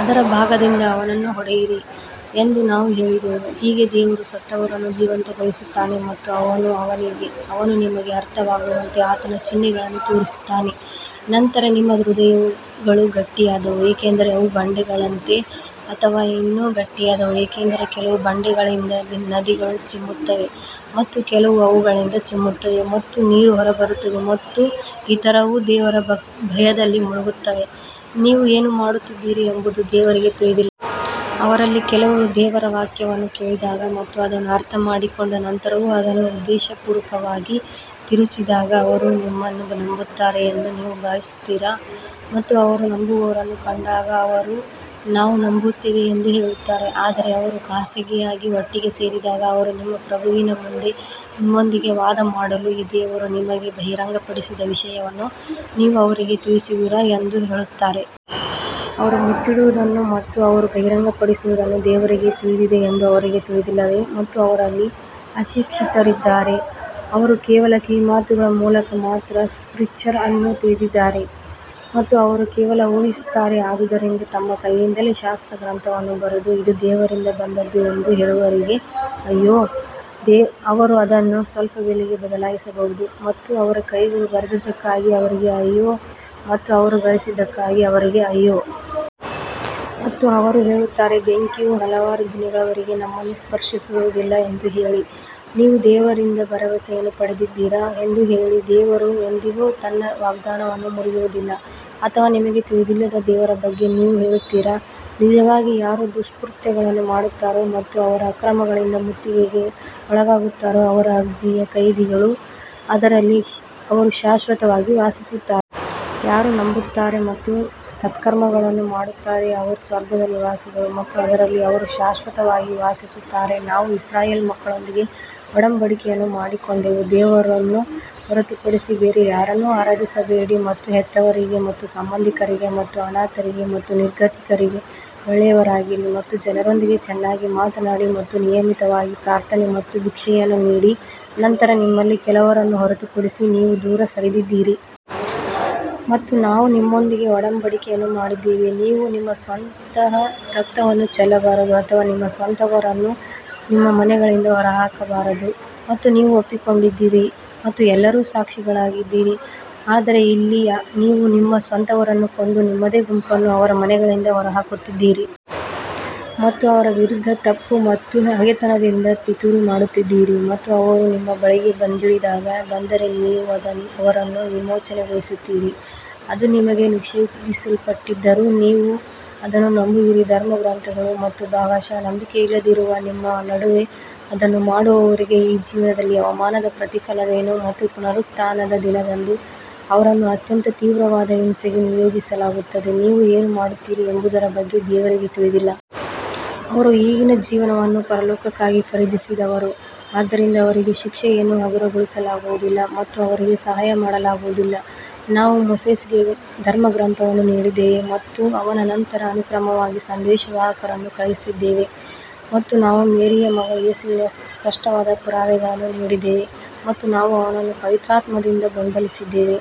ಅದರ ಭಾಗದಿಂದ ಅವನನ್ನು ಹೊಡೆಯಿರಿ ಎಂದು ನಾವು ಹೇಳಿದೆವು ಹೀಗೆ ದೇವರು ಸತ್ತವರನ್ನು ಜೀವಂತಗೊಳಿಸುತ್ತಾನೆ ಮತ್ತು ಅವನು ನಿಮಗೆ ಅರ್ಥವಾಗುವಂತೆ ಆತನ ಚಿಹ್ನೆಗಳನ್ನು ತೋರಿಸುತ್ತಾನೆ ನಂತರ ನಿಮ್ಮ ಹೃದಯಗಳು ಗಟ್ಟಿಯಾದವು, ಏಕೆಂದರೆ ಅವು ಬಂಡೆಗಳಂತೆ ಅಥವಾ ಇನ್ನೂ ಗಟ್ಟಿಯಾದವು ಏಕೆಂದರೆ ಕೆಲವು ಬಂಡೆಗಳಿಂದ ನದಿಗಳು ಚಿಮ್ಮುತ್ತವೆ ಮತ್ತು ಕೆಲವು ಅವುಗಳಿಂದ ಚಿಮ್ಮುತ್ತವೆ ಮತ್ತು ನೀರು ಹೊರಬರುತ್ತವೆ ಮತ್ತು ಇತರವು ದೇವರ ಭಯದಲ್ಲಿ ಮುಳುಗುತ್ತವೆ, ನೀವು ಏನು ಮಾಡುತ್ತಿದ್ದೀರಿ ಎಂಬುದು ದೇವರಿಗೆ ತಿಳಿದಿಲ್ಲ. ಅವರಲ್ಲಿ ಕೆಲವರು ದೇವರ ವಾಕ್ಯವನ್ನು ಕೇಳಿದಾಗ ಮತ್ತು ಅದನ್ನು ಅರ್ಥಮಾಡಿಕೊಂಡ ನಂತರವೂ ಅದನ್ನು ಉದ್ದೇಶಪೂರ್ವಕವಾಗಿ ತಿರುಚಿದಾಗ ಅವರು ನಿಮ್ಮನ್ನು ನಂಬುತ್ತಾರೆ ಎಂದು ನೀವು ಭಾವಿಸುತ್ತೀರಾ? ಮತ್ತು ಅವರು ನಂಬುವವರನ್ನು ಕಂಡಾಗ ಅವರು ನಾವು ನಂಬುತ್ತೇವೆ ಎಂದು ಹೇಳುತ್ತಾರೆ ಆದರೆ ಅವರು ಖಾಸಗಿಯಾಗಿ ಒಟ್ಟಿಗೆ ಸೇರಿದಾಗ ಅವರು ನಿಮ್ಮ ಪ್ರಭುವಿನ ಮುಂದೆ ನಿಮ್ಮೊಂದಿಗೆ ವಾದಮಾಡಲು ದೇವರು ನಿಮಗೆ ಬಹಿರಂಗಪಡಿಸಿದ ವಿಷಯವನ್ನು ನೀವು ಅವರಿಗೆ ತಿಳಿಸುವಿರಾ ಎಂದು ಹೇಳುತ್ತಾರೆ. ಅವರು ಮುಚ್ಚಿಡುವುದನ್ನು ಮತ್ತು ಅವರು ಬಹಿರಂಗಪಡಿಸುವುದನ್ನು ದೇವರಿಗೆ ತಿಳಿದಿದೆ ಎಂದು ಅವರಿಗೆ ತಿಳಿದಿಲ್ಲವೇ? ಮತ್ತು ಅವರಲ್ಲಿ ಅಶಿಕ್ಷಿತರಿದ್ದಾರೆ, ಅವರು ಕೇವಲ ಕಿವಿಮಾತುಗಳ ಮೂಲಕ ಮಾತ್ರ ಸ್ಕ್ರಿಪ್ಚರ್ ಅನ್ನು ತಿಳಿದಿದ್ದಾರೆ ಮತ್ತು ಅವರು ಕೇವಲ ಊಹಿಸುತ್ತಾರೆ ಆದುದರಿಂದ ತಮ್ಮ ಕೈಯಿಂದಲೇ ಶಾಸ್ತ್ರಗ್ರಂಥವನ್ನು ಬರೆದು ಇದು ದೇವರಿಂದ ಬಂದದ್ದು ಎಂದು ಹೇಳುವವರಿಗೆ ಅಯ್ಯೋ, ಅವರು ಅದನ್ನು ಸ್ವಲ್ಪ ಬೆಲೆಗೆ ಬದಲಾಯಿಸಬಹುದು ಮತ್ತು ಅವರ ಕೈಗಳು ಬರೆದದ್ದಕ್ಕಾಗಿ ಅವರಿಗೆ ಅಯ್ಯೋ ಮತ್ತು ಅವರು ಗಳಿಸಿದ್ದಕ್ಕಾಗಿ ಅವರಿಗೆ ಅಯ್ಯೋ. ಮತ್ತು ಅವರು ಹೇಳುತ್ತಾರೆ ಬೆಂಕಿಯು ಹಲವಾರು ದಿನಗಳವರೆಗೆ ನಮ್ಮನ್ನು ಸ್ಪರ್ಶಿಸುವುದಿಲ್ಲ ಎಂದು ಹೇಳಿ, ನೀವು ದೇವರಿಂದ ಭರವಸೆಯನ್ನು ಪಡೆದಿದ್ದೀರಾ ಎಂದು ಹೇಳಿ, ದೇವರು ಎಂದಿಗೂ ತನ್ನ ವಾಗ್ದಾನವನ್ನು ಮುರಿಯುವುದಿಲ್ಲ ಅಥವಾ ನಿಮಗೆ ತಿಳಿದಿಲ್ಲದ ದೇವರ ಬಗ್ಗೆ ನೀವು ಹೇಳುತ್ತೀರಾ? ನಿಜವಾಗಿ ಯಾರು ದುಷ್ಕೃತ್ಯಗಳನ್ನು ಮಾಡುತ್ತಾರೋ ಮತ್ತು ಅವರ ಅಕ್ರಮಗಳಿಂದ ಮುತ್ತಿಗೆಗೆ ಒಳಗಾಗುತ್ತಾರೋ ಅವರು ಅಗ್ನಿಯ ಕೈದಿಗಳು ಅದರಲ್ಲಿ ಅವರು ಶಾಶ್ವತವಾಗಿ ವಾಸಿಸುತ್ತಾರೆ. ಯಾರು ನಂಬುತ್ತಾರೆ ಮತ್ತು ಸತ್ಕರ್ಮಗಳನ್ನು ಮಾಡುತ್ತಾರೆ, ಅವರು ಸ್ವರ್ಗದ ನಿವಾಸಿಗಳು ಮತ್ತು ಅದರಲ್ಲಿ ಅವರು ಶಾಶ್ವತವಾಗಿ ವಾಸಿಸುತ್ತಾರೆ. ನಾವು ಇಸ್ರಾಯೇಲ್ ಮಕ್ಕಳೊಂದಿಗೆ ಒಡಂಬಡಿಕೆಯನ್ನು ಮಾಡಿಕೊಂಡೆವು ದೇವರನ್ನು ಹೊರತುಪಡಿಸಿ ಬೇರೆ ಯಾರನ್ನೂ ಆರಾಧಿಸಬೇಡಿ ಮತ್ತು ಹೆತ್ತವರಿಗೆ ಮತ್ತು ಸಂಬಂಧಿಕರಿಗೆ ಮತ್ತು ಅನಾಥರಿಗೆ ಮತ್ತು ನಿರ್ಗತಿಕರಿಗೆ ಒಳ್ಳೆಯವರಾಗಿರಿ ಮತ್ತು ಜನರೊಂದಿಗೆ ಚೆನ್ನಾಗಿ ಮಾತನಾಡಿ ಮತ್ತು ನಿಯಮಿತವಾಗಿ ಪ್ರಾರ್ಥನೆ ಮತ್ತು ಭಿಕ್ಷೆಯನ್ನು ನೀಡಿ ನಂತರ ನಿಮ್ಮಲ್ಲಿ ಕೆಲವರನ್ನು ಹೊರತುಪಡಿಸಿ ನೀವು ದೂರ ಸರಿದಿದ್ದೀರಿ. ಮತ್ತು ನಾವು ನಿಮ್ಮೊಂದಿಗೆ ಒಡಂಬಡಿಕೆಯನ್ನು ಮಾಡಿದ್ದೇವೆ, ನೀವು ನಿಮ್ಮ ಸ್ವಂತ ರಕ್ತವನ್ನು ಚೆಲ್ಲಬಾರದು ಅಥವಾ ನಿಮ್ಮ ಸ್ವಂತವರನ್ನು ನಿಮ್ಮ ಮನೆಗಳಿಂದ ಹೊರಹಾಕಬಾರದು ಮತ್ತು ನೀವು ಒಪ್ಪಿಕೊಂಡಿದ್ದೀರಿ ಮತ್ತು ಎಲ್ಲರೂ ಸಾಕ್ಷಿಗಳಾಗಿದ್ದೀರಿ. ಆದರೆ ಇಲ್ಲಿ ನೀವು ನಿಮ್ಮ ಸ್ವಂತವರನ್ನು ಕೊಂದು ನಿಮ್ಮದೇ ಗುಂಪನ್ನು ಅವರ ಮನೆಗಳಿಂದ ಹೊರಹಾಕುತ್ತಿದ್ದೀರಿ ಮತ್ತು ಅವರ ವಿರುದ್ಧ ತಪ್ಪು ಮತ್ತು ಹಗೆತನದಿಂದ ಪಿತೂರಿ ಮಾಡುತ್ತಿದ್ದೀರಿ ಮತ್ತು ಅವರು ನಿಮ್ಮ ಬಳಿಗೆ ಬಂದಿಗಳಾಗಿ ಬಂದರೆ ನೀವು ಅವರನ್ನು ವಿಮೋಚನೆಗೊಳಿಸುತ್ತೀರಿ ಅದು ನಿಮಗೆ ನಿಷೇಧಿಸಲ್ಪಟ್ಟಿದ್ದರೂ ನೀವು ಅದನ್ನು ನಂಬುವಿರಿ ಧರ್ಮಗ್ರಂಥಗಳು ಮತ್ತು ಭಾಗಶಃ ನಂಬಿಕೆಯಿಲ್ಲದಿರುವ ನಿಮ್ಮ ನಡುವೆ ಅದನ್ನು ಮಾಡುವವರಿಗೆ ಈ ಜೀವನದಲ್ಲಿ ಅವಮಾನದ ಪ್ರತಿಫಲವೇನು ಮತ್ತು ಪುನರುತ್ಥಾನದ ದಿನದಂದು ಅವರನ್ನು ಅತ್ಯಂತ ತೀವ್ರವಾದ ಹಿಂಸೆಗೆ ನಿಯೋಜಿಸಲಾಗುತ್ತದೆ ನೀವು ಏನು ಮಾಡುತ್ತೀರಿ ಎಂಬುದರ ಬಗ್ಗೆ ದೇವರಿಗೆ ತಿಳಿದಿಲ್ಲ. ಅವರು ಈಗಿನ ಜೀವನವನ್ನು ಪರಲೋಕಕ್ಕಾಗಿ ಖರೀದಿಸಿದವರು, ಆದ್ದರಿಂದ ಅವರಿಗೆ ಶಿಕ್ಷೆಯನ್ನು ಹಗುರಗೊಳಿಸಲಾಗುವುದಿಲ್ಲ ಮತ್ತು ಅವರಿಗೆ ಸಹಾಯ ಮಾಡಲಾಗುವುದಿಲ್ಲ ನಾವು ಮೋಸೆಸ್ಗೆ ಧರ್ಮಗ್ರಂಥವನ್ನು ನೀಡಿದ್ದೇವೆ ಮತ್ತು ಅವನ ನಂತರ ಅನುಕ್ರಮವಾಗಿ ಸಂದೇಶವಾಹಕರನ್ನು ಕಳುಹಿಸಿದ್ದೇವೆ ಮತ್ತು ನಾವು ಮೇರಿಯ ಮಗ ಯೇಸುವಿಗೆ ಸ್ಪಷ್ಟವಾದ ಪುರಾವೆಗಳನ್ನು ನೀಡಿದ್ದೇವೆ ಮತ್ತು ನಾವು ಅವನನ್ನು ಪವಿತ್ರಾತ್ಮದಿಂದ ಬೆಂಬಲಿಸಿದ್ದೇವೆ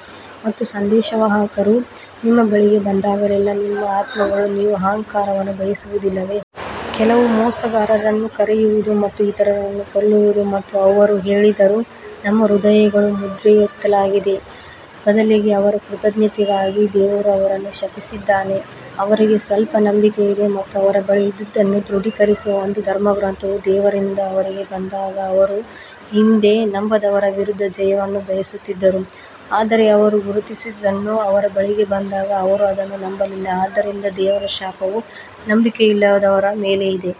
ಮತ್ತು ಸಂದೇಶವಾಹಕರು ನಿಮ್ಮ ಬಳಿಗೆ ಬಂದಾಗಲೆಲ್ಲಾ ನಿಮ್ಮ ಆತ್ಮಗಳು ನೀವು ಅಹಂಕಾರವನ್ನು ಬಯಸುವುದಿಲ್ಲವೇ? ಕೆಲವು ಮೋಸಗಾರರನ್ನು ಕರೆಯುವುದು ಮತ್ತು ಇತರರನ್ನು ಕೊಲ್ಲುವುದು ಮತ್ತು ಅವರು ಹೇಳಿದರು ನಮ್ಮ ಹೃದಯಗಳು ಮುದ್ರೆಯೊತ್ತಲಾಗಿದೆ ಬದಲಿಗೆ ಅವರ ಕೃತಘ್ನತೆಗಾಗಿ ದೇವರು ಅವರನ್ನು ಶಪಿಸಿದ್ದಾನೆ ಅವರಿಗೆ ಸ್ವಲ್ಪ ನಂಬಿಕೆ ಇದೆ ಮತ್ತು ಅವರ ಬಳಿ ಇದ್ದುದನ್ನು ದೃಢೀಕರಿಸುವ ಒಂದು ಧರ್ಮಗ್ರಂಥವು ದೇವರಿಂದ ಅವರಿಗೆ ಬಂದಾಗ ಅವರು ಹಿಂದೆ ನಂಬದವರ ವಿರುದ್ಧ ಜಯವನ್ನು ಬಯಸುತ್ತಿದ್ದರೂ, ಆದರೆ ಅವರು ಗುರುತಿಸಿದ್ದನ್ನು ಅವರ ಬಳಿಗೆ ಬಂದಾಗ ಅವರು ಅದನ್ನು ನಂಬಲಿಲ್ಲ ಆದ್ದರಿಂದ ದೇವರ ಶಾಪವು ನಂಬಿಕೆಯಿಲ್ಲದವರ ಮೇಲೆ ಇದೆ.